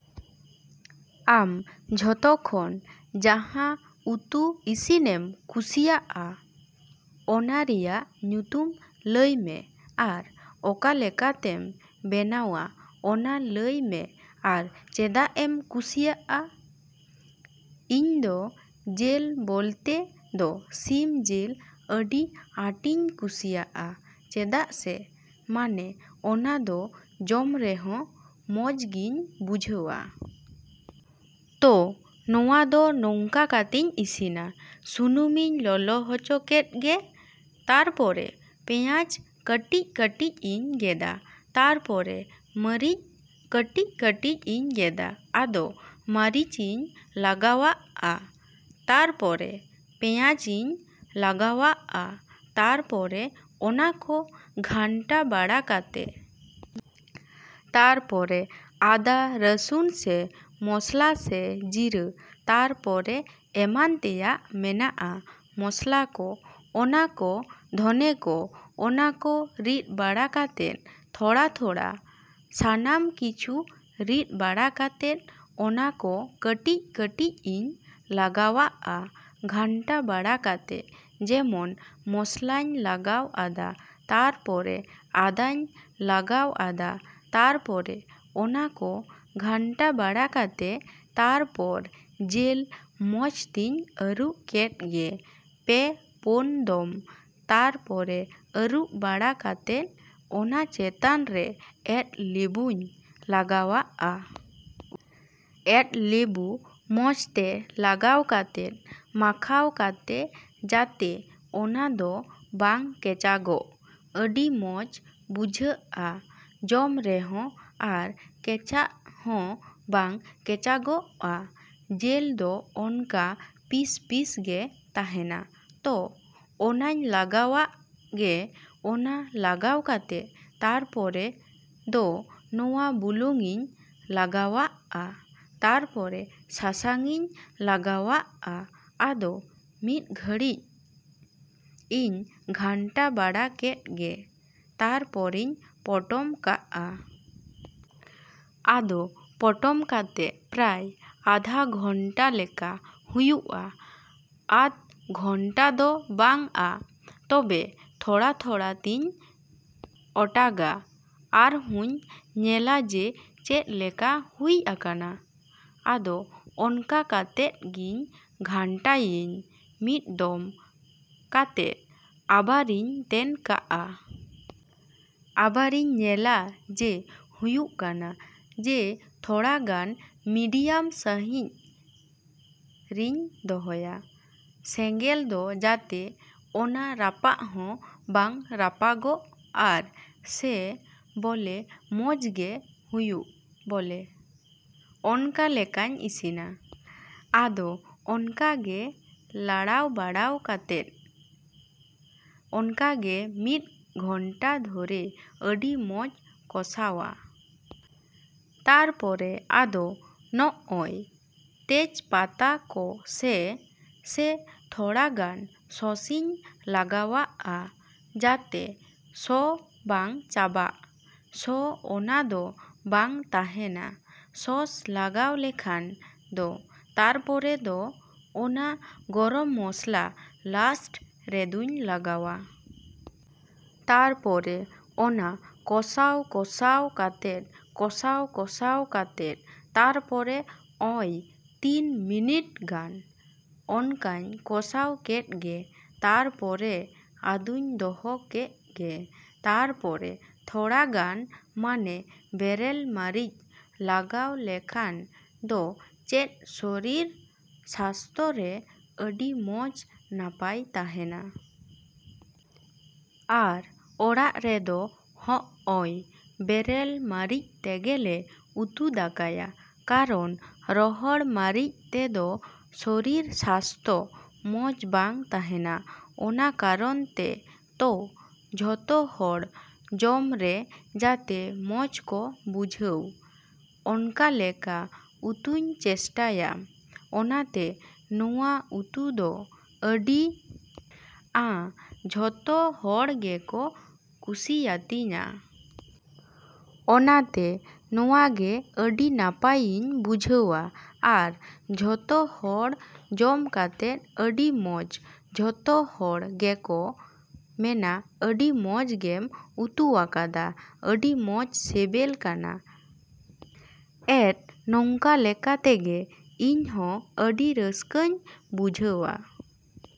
ᱟᱢ ᱡᱷᱚᱛᱚ ᱠᱷᱚᱱ ᱡᱟᱦᱟᱸ ᱩᱛᱩ ᱤᱥᱤᱱᱮᱢ ᱠᱩᱥᱤᱭᱟᱜᱼᱟ, ᱚᱱᱟ ᱨᱮᱭᱟᱜ ᱧᱩᱛᱩᱢ ᱞᱟᱹᱭ ᱢᱮ? ᱟᱨ ᱚᱠᱟᱞᱮᱠᱟᱛᱮᱢ ᱵᱮᱱᱟᱣᱟ ᱚᱱᱟ ᱞᱟᱹᱭ ᱢᱮ ᱟᱨ ᱪᱮᱫᱟᱜ ᱮᱢ ᱠᱩᱥᱤᱭᱟᱜᱼᱟ? ᱤᱧ ᱫᱚ ᱡᱮᱞ ᱵᱚᱞᱛᱮ ᱫᱚ ᱥᱤᱢ ᱡᱮᱞ ᱟᱹᱰᱤ ᱟᱸᱴᱤᱧ ᱠᱩᱥᱤᱭᱟᱜᱼᱟ᱾ ᱪᱮᱫᱟᱜ ᱥᱮ ᱢᱟᱱᱮ ᱚᱱᱟ ᱫᱚ ᱡᱚᱢ ᱨᱮᱦᱚᱸ ᱢᱚᱡᱽ ᱜᱤᱧ ᱵᱩᱡᱷᱟᱹᱣᱟ᱾ ᱛᱚ ᱱᱚᱣᱟ ᱫᱚ ᱱᱚᱝᱠᱟ ᱠᱟᱛᱤᱧ ᱤᱥᱤᱱᱟ᱾ ᱥᱩᱱᱩᱢᱤᱧ ᱞᱚᱞᱚ ᱦᱚᱪᱚ ᱠᱮᱫ, ᱜᱮ ᱛᱟᱨᱯᱚᱨᱮ ᱯᱮᱸᱭᱟᱡ ᱠᱟᱹᱴᱤᱡᱼᱠᱟᱹᱴᱤᱡ ᱤᱧ ᱜᱮᱫᱟ ᱛᱟᱨᱯᱚᱨᱮ ᱢᱟᱨᱤᱪ ᱠᱟᱹᱴᱤᱡᱼᱠᱟᱹᱴᱤᱡ ᱤᱧ ᱜᱮᱫᱟ ᱟᱫᱚ ᱢᱟᱨᱤᱪᱤᱧ ᱞᱟᱜᱟᱣᱟᱜᱼᱟ, ᱛᱟᱨᱯᱚᱨᱮ ᱯᱮᱸᱭᱟᱡᱤᱧ ᱞᱟᱜᱟᱣᱟᱜᱼᱟ᱾ ᱛᱟᱨᱯᱚᱨᱮ ᱚᱱᱟ ᱠᱚ ᱜᱷᱟᱱᱴᱟ ᱵᱟᱲᱟ ᱠᱟᱛᱮ ᱛᱟᱯᱚᱨᱮ ᱟᱫᱟ ᱨᱟᱹᱥᱩᱱ ᱥᱮ ᱢᱚᱥᱞᱟ ᱥᱮ ᱡᱤᱨᱟᱹ ᱛᱟᱨᱯᱚᱨᱮ ᱮᱢᱟᱱ ᱛᱮᱭᱟᱜ ᱢᱮᱱᱟᱜᱼᱟ ᱢᱚᱥᱞᱟ ᱠᱚ, ᱚᱱᱟ ᱠᱚ ᱫᱷᱚᱱᱮ ᱠᱚ ᱚᱱᱟ ᱠᱚ ᱨᱤᱫ ᱵᱟᱲᱟ ᱠᱟᱛᱮ ᱛᱷᱚᱲᱟᱼᱛᱷᱚᱲᱟ ᱥᱟᱱᱟᱢ ᱠᱤᱪᱷᱩ ᱨᱤᱫ ᱵᱟᱲᱟ ᱠᱟᱛᱮᱫ ᱚᱱᱟ ᱠᱚ ᱠᱟᱹᱴᱤᱡᱼᱠᱟᱹᱴᱤᱡ ᱤᱧ ᱞᱟᱜᱟᱣᱟᱜᱼᱟ ᱜᱷᱟᱱᱴᱟ ᱵᱟᱲᱟ ᱠᱟᱛᱮ ᱡᱮᱢᱚᱱ ᱢᱚᱥᱞᱟᱧ ᱞᱟᱜᱟᱣ ᱟᱫᱟ ᱛᱟᱨᱯᱚᱨᱮ ᱟᱫᱟᱧ ᱞᱟᱜᱟᱣ ᱟᱫᱟ ᱛᱟᱨᱯᱚᱨᱮ ᱚᱱᱟ ᱠᱚ ᱜᱷᱟᱱᱴᱟ ᱵᱟᱲᱟ ᱠᱟᱛᱮ ᱛᱟᱨᱯᱚᱨ ᱡᱮᱞ ᱢᱚᱡᱽ ᱛᱤᱧ ᱟᱹᱨᱩᱵ ᱠᱮᱫ ᱜᱮ ᱯᱮ ᱯᱚᱱ ᱫᱚᱢ ᱛᱟᱨᱯᱚᱨᱮ ᱟᱹᱨᱩᱵ ᱵᱟᱲᱟ ᱠᱟᱛᱮ ᱚᱱᱟ ᱪᱮᱛᱟᱱ ᱨᱮ ᱮᱫ ᱞᱤᱵᱩᱧ ᱞᱟᱜᱟᱣᱟᱜᱼᱟ᱾ ᱮᱫ ᱞᱤᱵᱩ ᱢᱚᱡᱽ ᱛᱮ ᱞᱟᱜᱟᱣ ᱠᱟᱛᱮ, ᱢᱟᱠᱷᱟᱣ ᱠᱟᱛᱮ ᱡᱟᱛᱮ ᱚᱱᱟ ᱫᱚ ᱵᱟᱝ ᱠᱮᱪᱟᱜᱚᱜ᱾ ᱟᱹᱰᱤ ᱢᱚᱡᱽ ᱵᱩᱡᱷᱟᱹᱜᱼᱟ ᱡᱚᱢ ᱨᱮᱦᱚᱸ ᱟᱨ ᱠᱮᱪᱷᱟᱜ ᱦᱚᱸ ᱵᱟᱝ ᱠᱮᱪᱟᱜᱚᱜᱼᱟ᱾ ᱡᱮᱞ ᱫᱚ ᱚᱱᱠᱟ ᱯᱤᱥᱼᱯᱤᱥ ᱜᱮ ᱛᱟᱦᱮᱱᱟ᱾ ᱛᱚ, ᱚᱱᱟᱧ ᱞᱟᱜᱟᱣᱟᱜ ᱜᱮ ᱚᱱᱟ ᱞᱟᱜᱟᱣ ᱠᱟᱛᱮ ᱛᱟᱨᱯᱚᱨᱮ ᱫᱚ ᱱᱚᱣᱟ ᱵᱩᱞᱩᱝᱤᱧ ᱞᱟᱜᱟᱣᱟᱜᱼᱟ, ᱛᱟᱨᱯᱚᱨᱮ ᱥᱟᱥᱟᱝᱤᱧ ᱞᱟᱜᱟᱣᱟᱜᱼᱟ, ᱟᱫᱚ ᱢᱤᱫ ᱜᱷᱟᱹᱲᱤᱡ ᱤᱧ ᱜᱷᱟᱱᱴᱟ ᱵᱟᱲᱟ ᱠᱮᱫ ᱜᱮ ᱛᱟᱨᱯᱚᱨᱮᱧ ᱯᱚᱴᱚᱢ ᱠᱟᱜᱼᱟ᱾ ᱟᱫᱚ ᱯᱚᱴᱚᱢ ᱠᱟᱛᱮ ᱯᱨᱟᱭ ᱟᱫᱷ ᱜᱷᱚᱱᱴᱟ ᱞᱮᱠᱟ ᱦᱩᱭᱩᱜᱼᱟ ᱟᱫᱷ ᱜᱷᱚᱱᱴᱟ ᱫᱚ ᱵᱟᱝᱟ᱾ ᱛᱚᱵᱮ ᱛᱷᱚᱲᱟᱼᱛᱷᱚᱲᱟ ᱛᱤᱧ ᱚᱴᱟᱜᱟ ᱟᱨᱦᱩᱧ ᱧᱮᱞᱟ ᱡᱮ, ᱪᱮᱫ ᱞᱮᱠᱟ ᱦᱩᱭ ᱟᱠᱟᱱᱟ? ᱟᱫᱚ ᱚᱱᱠᱟ ᱠᱟᱛᱮᱫ ᱜᱤᱧ ᱜᱷᱟᱱᱴᱟᱭᱤᱧ ᱢᱤᱫ ᱫᱚᱢ ᱠᱟᱛᱮ ᱟᱵᱟᱨᱤᱧ ᱛᱮᱱ ᱠᱟᱜᱼᱟ᱾ ᱟᱵᱟᱨᱤᱧ ᱧᱮᱞᱟ ᱡᱮ ᱦᱩᱭᱩᱜ ᱠᱟᱱᱟ᱾ ᱡᱮ ᱛᱷᱚᱲᱟ ᱜᱟᱱ ᱢᱤᱰᱤᱭᱟᱢ ᱥᱟᱭᱤᱡᱽ ᱨᱤᱧ ᱫᱚᱦᱚᱭᱟ᱾ ᱥᱮᱸᱜᱮᱞ ᱫᱚ ᱡᱟᱛᱮ ᱚᱱᱟ ᱨᱟᱯᱟᱜ ᱦᱚᱸ ᱵᱟᱝ ᱨᱟᱯᱟᱜᱚᱜ ᱟᱨ ᱥᱮ ᱵᱚᱞᱮ ᱢᱚᱡᱽ ᱜᱮ ᱦᱩᱭᱩᱜ ᱵᱚᱞᱮ ᱚᱱᱠᱟ ᱞᱮᱠᱟᱧ ᱤᱥᱤᱱᱟ᱾ ᱟᱫᱚ ᱚᱱᱠᱟ ᱜᱮ ᱞᱟᱲᱟᱣ ᱵᱟᱲᱟᱣ ᱠᱟᱛᱮ ᱚᱱᱠᱟ ᱜᱮ ᱢᱤᱫ ᱜᱷᱚᱱᱴᱟ ᱫᱷᱚᱨᱮ ᱟᱹᱰᱤ ᱢᱚᱡᱽ ᱠᱚᱥᱟᱣᱟ᱾ ᱛᱟᱨᱯᱚᱨᱮ ᱟᱫᱚ ᱱᱚᱜᱼᱚᱭ ᱛᱮᱡ ᱯᱟᱛᱟ ᱠᱚ ᱥᱮ ᱥᱮ ᱛᱷᱚᱲᱟ ᱜᱟᱱ ᱥᱚᱸᱥᱤᱧ ᱞᱟᱜᱟᱣᱟᱜᱼᱟ ᱡᱟᱛᱮ ᱥᱚ ᱵᱟᱝ ᱪᱟᱵᱟᱜ ᱥᱚ ᱚᱱᱟ ᱫᱚ ᱵᱟᱝ ᱛᱟᱦᱮᱱᱟ, ᱥᱚᱸᱥ ᱞᱟᱜᱟᱣ ᱞᱮᱠᱷᱟᱱ ᱫᱚ᱾ ᱛᱟᱨᱯᱚᱨᱮ ᱫᱚ ᱚᱱᱟ ᱜᱚᱨᱚᱢ ᱢᱚᱥᱞᱟ ᱞᱟᱥᱴ ᱨᱮᱫᱩᱧ ᱞᱟᱜᱟᱣᱟ᱾ ᱛᱟᱨᱯᱚᱨᱮ ᱚᱱᱟ ᱠᱚᱥᱟᱣᱼᱠᱚᱥᱟᱣ ᱠᱟᱛᱮ ᱠᱚᱥᱟᱣ ᱠᱚᱥᱟᱣ ᱠᱟᱛᱮ ᱛᱟᱨᱯᱚᱨᱮ ᱚᱭ ᱛᱤᱱ ᱢᱤᱱᱤᱴ ᱜᱟᱱ ᱚᱱᱠᱟᱧ ᱠᱚᱥᱟᱣ ᱠᱮᱫ ᱜᱮ, ᱛᱟᱨᱯᱚᱨᱮ ᱟᱫᱚᱧ ᱫᱚᱦᱚ ᱠᱮᱫ ᱜᱮ᱾ ᱛᱟᱨᱯᱚᱨᱮ ᱛᱷᱚᱲᱟ ᱜᱟᱱ ᱢᱟᱱᱮ ᱵᱮᱨᱮᱞ ᱢᱟᱨᱤᱪ ᱞᱟᱜᱟᱣ ᱞᱮᱠᱷᱟᱱ ᱫᱚ ᱪᱮᱫ ᱥᱚᱨᱤᱨ ᱥᱟᱥᱛᱚ ᱨᱮ ᱟᱹᱰᱤ ᱢᱚᱡᱽ ᱱᱟᱯᱟᱭ ᱛᱟᱦᱮᱱᱟ᱾ ᱟᱨ ᱚᱲᱟᱜ ᱨᱮᱫᱚ ᱦᱚᱸᱜᱼᱚᱭ ᱵᱮᱨᱮᱞ ᱢᱟᱨᱤᱪ ᱛᱮᱜᱮᱞᱮ ᱩᱛᱩ ᱫᱟᱠᱟᱭᱟ᱾ ᱠᱟᱨᱚᱱ ᱨᱚᱦᱚᱲ ᱢᱟᱨᱤᱪ ᱛᱮᱫᱚ ᱥᱚᱨᱤᱨ ᱥᱟᱥᱛᱷᱚ ᱢᱚᱡᱽ ᱵᱟᱝ ᱛᱟᱦᱮᱱᱟ ᱚᱱᱟ ᱠᱟᱨᱚᱱ ᱛᱮ ᱛᱚ, ᱡᱷᱚᱛᱚ ᱦᱚᱲ ᱡᱚᱢ ᱨᱮ ᱡᱟᱛᱮ ᱢᱚᱡᱽ ᱠᱚ ᱵᱩᱡᱷᱟᱹᱣ, ᱚᱱᱠᱟᱞᱮᱠᱟ ᱩᱛᱩᱧ ᱪᱮᱥᱴᱟᱭᱟ, ᱚᱱᱟᱛᱮ ᱱᱚᱣᱟ ᱩᱛᱩ ᱫᱚ ᱟᱹᱰᱤ ᱟᱸ ᱡᱷᱚᱛᱚ ᱦᱚᱲ ᱜᱮᱠᱚ ᱠᱩᱥᱤᱣᱟᱛᱤᱧᱟ᱾ ᱚᱱᱟᱛᱮ ᱱᱚᱣᱟ ᱜᱮ ᱟᱹᱰᱤ ᱱᱟᱯᱟᱭᱤᱧ ᱵᱩᱡᱷᱟᱹᱣᱟ, ᱟᱨ ᱡᱷᱚᱛᱚ ᱦᱚᱲ ᱡᱚᱢ ᱠᱟᱛᱮ ᱟᱹᱰᱤ ᱢᱚᱡᱽ ᱡᱷᱚᱛᱚ ᱦᱚᱲ ᱜᱮᱠᱚ ᱢᱮᱱᱟ ᱟᱹᱰᱤ ᱢᱚᱡᱽ ᱜᱮᱢ ᱩᱛᱩᱣᱟᱠᱟᱫᱟ᱾ ᱟᱹᱰᱤ ᱢᱚᱡᱽ ᱥᱮᱵᱮᱞ ᱠᱟᱱᱟ, ᱮᱫ ᱱᱚᱝᱠᱟᱞᱮᱠᱟ ᱛᱮᱜᱮ ᱤᱧ ᱦᱚᱸ ᱟᱹᱰᱤ ᱨᱟᱹᱥᱠᱟᱹᱧ ᱵᱩᱡᱷᱟᱹᱣᱟ᱾